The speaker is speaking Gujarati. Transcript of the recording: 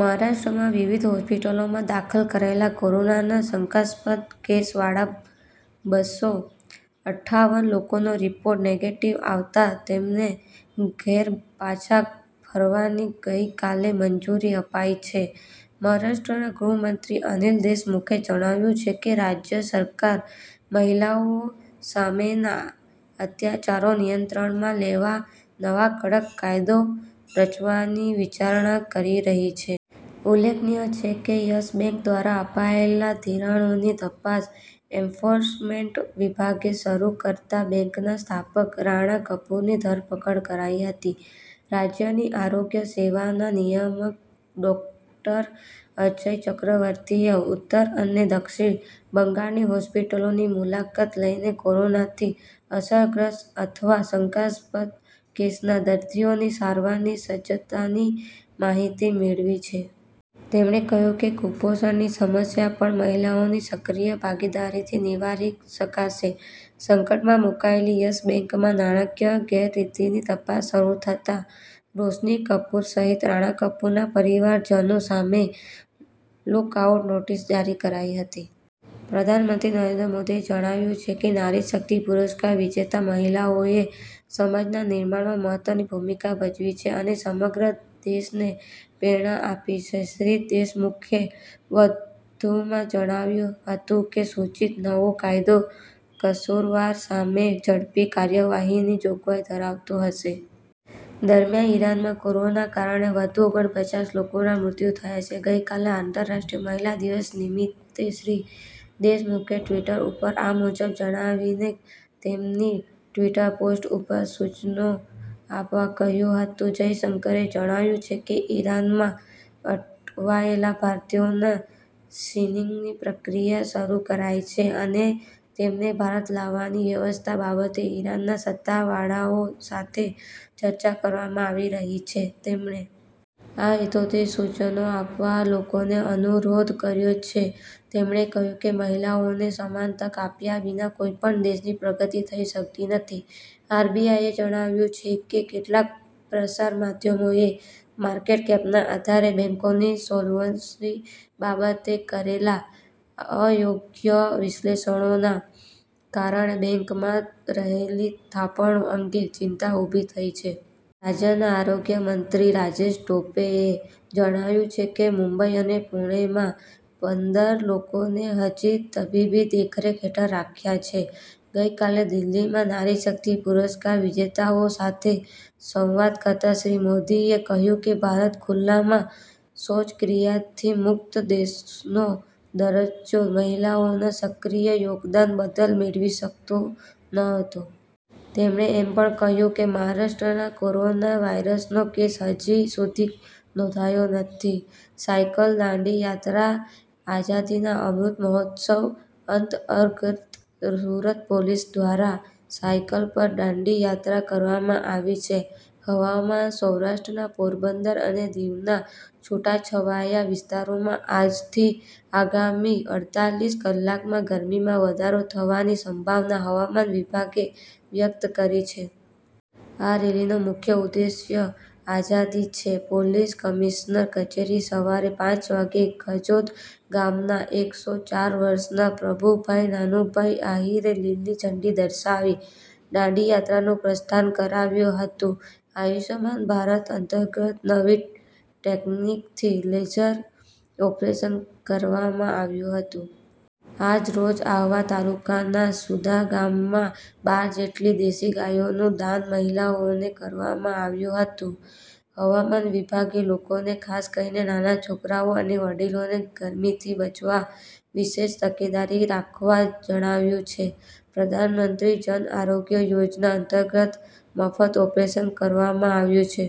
મહારાષ્ટ્રમાં વિવિધ હોસ્પિટલોમાં દાખલ કરાયેલા કોરોનાના શંકાસ્પદ કેસવાળા બસ્સો અઠ્ઠાવન લોકોનો રિપોર્ટ નેગેટિવ આવતા તેમણે ઘેર પાછા ફરવાની ગઈકાલે મંજુરી અપાઈ છે. મહારાષ્ટ્રના ગૃહમંત્રી અનિલ દેશમુખે જણાવ્યું છે કે રાજ્ય સરકાર મહિલાઓ સામેના અત્યાચારો નિયંત્રણમાં લેવા નવા કડક કાયદો રચવાની વિચારણા કરી રહી છે. ઉલ્લેખનીય છે કે યસ બેન્ક દ્વારા અપાયેલા ધિરાણોની તપાસ એન્ફોર્સમેન્ટ વિભાગે શરૂ કરતાં બેન્કના સ્થાપક રાણા કપૂરની ધરપકડ કરાઈ હતી. રાજ્યની આરોગ્ય સેવાના નિયામક ડોક્ટર અજય ચક્રવર્તીએ ઉત્તર અને દક્ષિણ બંગાળની હોસ્પિટલોની મુલાકાત લઈને કોરોનાથી અસરગ્રસ્ત અથવા શંકાસ્પદ કેસના દર્દીઓની સારવારની સજ્જતાની માહિતી મેળવી છે. તેમણે કહ્યું કે કુપોષણની સમસ્યા પણ મહિલાઓની સક્રિય ભાગીદારીથી નિવારી શકાશે .સંકટમાં મુકાયેલી યસ બેન્કમાં નાણાંકીય ગેરરીતિની તપાસ શરૂ થતાં રોશની કપુર સહિત રાણા કપૂરના પરિવારજનો સામે લૂક આઉટ નોટિસ જારી કરાઈ હતી. પ્રધાનમંત્રી નરેન્દ્ર મોદીએ જણાવ્યું છે કે નારી શક્તિ પુરસ્કાર વિજેતા મહિલાઓએ સમાજના નિર્માણમાં મહત્વની ભૂમિકા ભજવી છે અને સમગ્ર દેશને પ્રેરણા આપી છે .શ્રી દેશમુખે વધુમાં જણાવ્યું હતું કે સૂચિત નવો કાયદો કસૂરવાર સામે ઝડપી કાર્યવાહીની જોગવાઈ ધરાવતો હશે. દરમિયાન ઇરાનમાં કોરોનાના કારણે વધુ ઓગણપચાસ લોકોના મૃત્યુ થયા છે .ગઈકાલે આંતરરાષ્ટ્રીય મહિલા દિવસ નિમિત્તે શ્રી દેશમુખે ટવીટર ઉપર આ મુજબ જણાવીને તેમની ટવીટર પોસ્ટ ઉપર સૂચનો આપવા કહ્યું હતું. જયશંકરે જણાવ્યું છે કે ઇરાનમાં અટવાયેલા ભારતીયોના સિનિંગની પ્રક્રિયા શરૂ કરાઈ છે અને તેમને ભારત લાવવાની વ્યવસ્થા બાબતે ઇરાનના સત્તાવાળાઓ સાથે ચર્ચા કરવામાં આવી રહી છે .તેમણે આ હેતુથી સૂચનો આપવા લોકોને અનુરોધ કર્યો છે તેમણે કહ્યું કે મહિલાઓને સમાન તક આપ્યા વિના કોઈપણ દેશની પ્રગતિ થઈ શકતી નથી. આરબીઆઈએ જણાવ્યું છે કે કેટલાંક પ્રસાર માધ્યમોએ માર્કેટકેપના આધારે બેન્કોની સોલ્વન્સી બાબતે કરેલા અયોગ્ય વિશ્લેષણના કારણે બેન્કોમાં રહેલી થાપણો અંગે ચિંતા ઊભી થઈ છે. રાજ્યના આરોગ્યમંત્રી રાજેશ ટોપે એ જણાવ્યું છે કે મુંબઈ અને પૂણેમાં પંદર લોકોને હજી તબીબી દેખરેખ હેઠળ રખાયા છે. ગઈકાલે દિલ્હીમાં નારી શક્તિ પુરસ્કાર વિજેતાઓ સાથે સંવાદ કરતાં શ્રી મોદીએ કહ્યું કે ભારત ખૂલ્લામાં શૌચક્રિયાથી મુક્ત દેશનો દરજ્જો મહિલાઓના સક્રિય યોગદાન બદલ મેળવી શક્યો નહોત. તેમણે એમ પણ કહ્યું કે મહારાષ્ટ્રમાં કોરોના વાયરસનો કેસ હજી સુધી નોંધાયો નથી. સાયકલ દાંડી યાત્રા આઝાદીના અમૃત મહોત્સવ અંતર્ગત સુરત પોલીસ દ્વારા સાયકલ પર દાંડી યાત્રા કરવામાં આવી છે. હવામાન સૌરાષ્ટ્રના પોરબંદર અને દીવના છૂટાછવાયા વિસ્તારોમાં આજથી આગામી અડતાલીસ કલાકમાં ગરમીમાં વધારો થવાની સંભાવના હવામાન વિભાગે વ્યક્ત કરી છે. આ રેલીનો મુખ્ય ઉદ્દેશ્ય આઝાદી છે પોલીસ કમિશનર કચેરીથી સવારે પાંચ વાગ્યે ખજોદ ગામના એક સો ચાર વર્ષના પ્રભુભાઈ નાનુભાઈ આહીરે લીલી ઝંડી દર્શાવી દાંડીયાત્રાનું પ્રસ્થાન કરાવ્યું હતું આયુષ્માન ભારત અંતર્ગત નવી ટેકનીકથી લેસર ઓપરેશન કરવામાં આવ્યું હતું. આજરોજ આહવા તાલુકાના સુદા ગામમાં બાર જેટલી દેશી ગાયો નું દાન મહિલાઓને કરવામાં આવ્યું હતું હવામાન વિભાગે લોકોને ખાસ કરીને નાના છોકરાઓ અને વડીલોને ગરમીથી બચવા વિશેષ તકેદારી રાખવા જણાવ્યું છે પ્રધાનમંત્રી જન આરોગ્ય યોજના અંતર્ગત મફત ઓપરેશન કરવામાં આવ્યું છે.